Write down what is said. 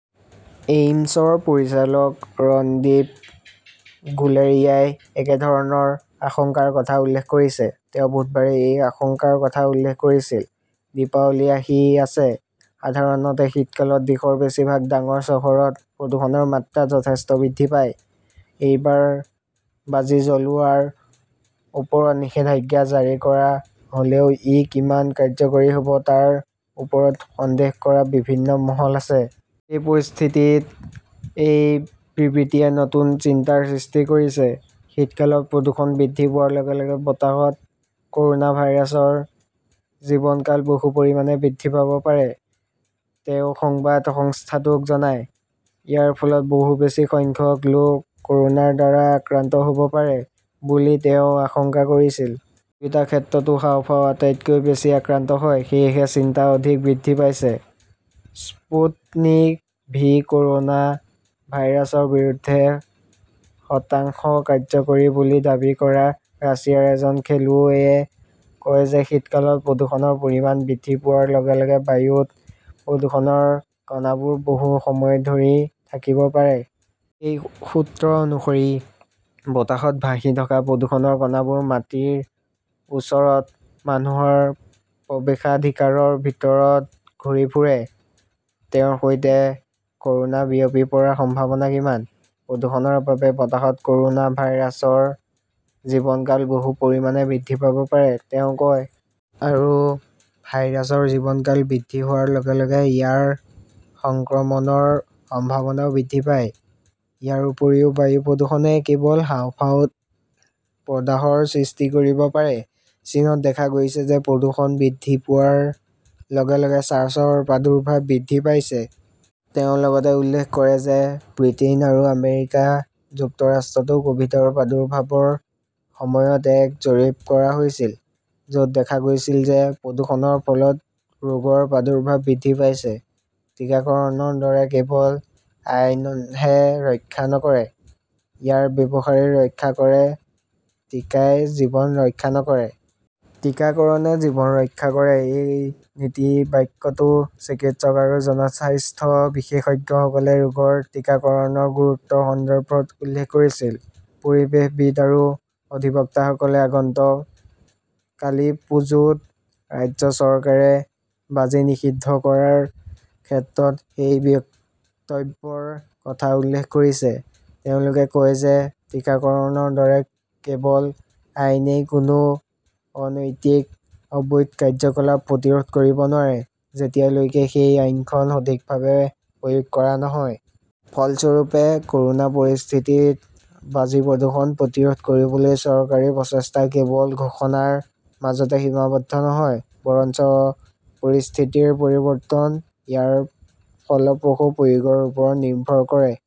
এইমছৰ পৰিচালক ৰণদীপ গুলেৰিয়াই একেধৰণৰ আশংকাৰ কথা উল্লেখ কৰিছে। তেওঁ বুধবাৰে এই আশংকাৰ কথা উল্লেখ কৰিছিল। দীপাৱলী আহি আছে। সাধাৰণতে শীতকালত দেশৰ বেছিভাগ ডাঙৰ চহৰত প্ৰদূষণৰ মাত্ৰা যথেষ্ট বৃদ্ধি পায়। এইবাৰ বাজি জ্বলোৱাৰ ওপৰত নিষেধাজ্ঞা জাৰি কৰা হলেও ই কিমান কাৰ্যকৰী হব তাৰ ওপৰত সন্দেহ কৰা বিভিন্ন মহল আছে। সেই পৰিস্থিতিত এই বিবৃতিয়ে নতুন চিন্তাৰ সৃষ্টি কৰিছে। শীতকালত প্ৰদূষণ বৃদ্ধি পোৱাৰ লগে-লগে বতাহত কৰোনা ভাইৰাছৰ জীৱনকাল বহু পৰিমাণে বৃদ্ধি পাব পাৰে, তেওঁ সংবাদ সংস্থাটোক জনায়। ইয়াৰ ফলত বহু বেছি সংখ্যক লোক কৰোনাৰ দ্বাৰা আক্ৰান্ত হব পাৰে বুলি তেওঁ আশংকা কৰিছিল। দুয়োটা ক্ষেত্ৰতে হাঁওফাঁও আটাইতকৈ বেছি আক্ৰান্ত হয়, সেয়েহে চিন্তা অধিক বৃদ্ধি পাইছে। স্পুটনিক ভি কৰ'না ভাইৰাছৰ বিৰুদ্ধে শতাংশ কাৰ্যকৰী বুলি দাবী কৰা ৰাছিয়াৰ এজন খেলুৱৈয়ে কয় যে শীতকালত প্ৰদূষণৰ পৰিমাণ বৃদ্ধি পোৱাৰ লগে-লগে বায়ুত প্ৰদূষণৰ কণাবোৰ বহু সময় ধৰি থাকিব পাৰে। সেই সূত্ৰ অনুসৰি, বতাহত ভাহি থকা প্ৰদূষণৰ কণাবোৰ মাটিৰ ওচৰত, মানুহৰ প্ৰৱেশাধিকাৰৰ ভিতৰত ঘূৰি ফুৰে। তেওঁৰ সৈতে কৰোনা বিয়পি পৰাৰ সম্ভাৱনা কিমান? প্ৰদূষণৰ বাবে বতাহত কৰোনা ভাইৰাছৰ জীৱনকাল বহু পৰিমাণে বৃদ্ধি পাব পাৰে, তেওঁ কয়। আৰু ভাইৰাছৰ জীৱনকাল বৃদ্ধি হোৱাৰ লগে-লগে ইয়াৰ সংক্ৰমণৰ সম্ভাৱনাও বৃদ্ধি পায়। ইয়াৰ উপৰিও বায়ু প্ৰদূষণে কেৱল হাঁওফাঁওত প্ৰদাহৰ সৃষ্টি কৰিব পাৰে। চীনত দেখা গৈছে যে প্ৰদূষণ বৃদ্ধি পোৱাৰ লগে-লগে চাৰ্চৰ প্ৰাদুৰ্ভাৱ বৃদ্ধি পাইছে। তেওঁ লগতে উল্লেখ কৰে যে ব্ৰিটেইন আৰু আমেৰিকা যুক্তৰাষ্ট্ৰতো কভিডৰ প্ৰাদুৰ্ভাৱৰ সময়ত এক জৰীপ কৰা হৈছিল, যত দেখা গৈছিল যে প্ৰদূষণৰ ফলত ৰোগৰ প্ৰাদুৰ্ভাৱ বৃদ্ধি পাইছে। 'টিকাকৰণৰ দৰে কেৱল আইনহে ৰক্ষা নকৰে, ইয়াৰ ব্যৱহাৰেই ৰক্ষা কৰে টিকাই জীৱন ৰক্ষা নকৰে। টিকাকৰণে জীৱন ৰক্ষা কৰে। এই নীতিবাক্যটো চিকিৎসক আৰু জনস্বাস্থ্য বিশেষজ্ঞসকলে ৰোগৰ টিকাকৰণৰ গুৰুত্বৰ সন্দৰ্ভত উল্লেখ কৰিছিল। পৰিৱেশবিদ আৰু অধিবক্তাসকলে আগন্তুক কালীপুজোত ৰাজ্য চৰকাৰে বাজি নিষিদ্ধ কৰাৰ ক্ষেত্ৰত সেই বক্তব্যৰ কথা উল্লেখ কৰিছে। তেওঁলোকে কয় যে টিকাকৰণৰ দৰে কেৱল আইনেই কোনো অনৈতিক, অবৈধ কাৰ্যকলাপ প্ৰতিৰোধ কৰিব নোৱাৰে, যেতিয়ালৈকে সেই আইনখন সঠিকভাৱে প্ৰয়োগ কৰা নহয়। ফলস্বৰূপে, কৰোনা পৰিস্থিতিত বাজি-প্ৰদূষণ প্ৰতিৰোধ কৰিবলৈ চৰকাৰী প্ৰচেষ্টা কেৱল ঘোষণাৰ মাজতে সীমাবদ্ধ নহয়, বৰঞ্চ পৰিস্থিতিৰ পৰিৱৰ্তন ইয়াৰ ফলপ্ৰসূ প্ৰয়োগৰ ওপৰত নিৰ্ভৰ কৰে।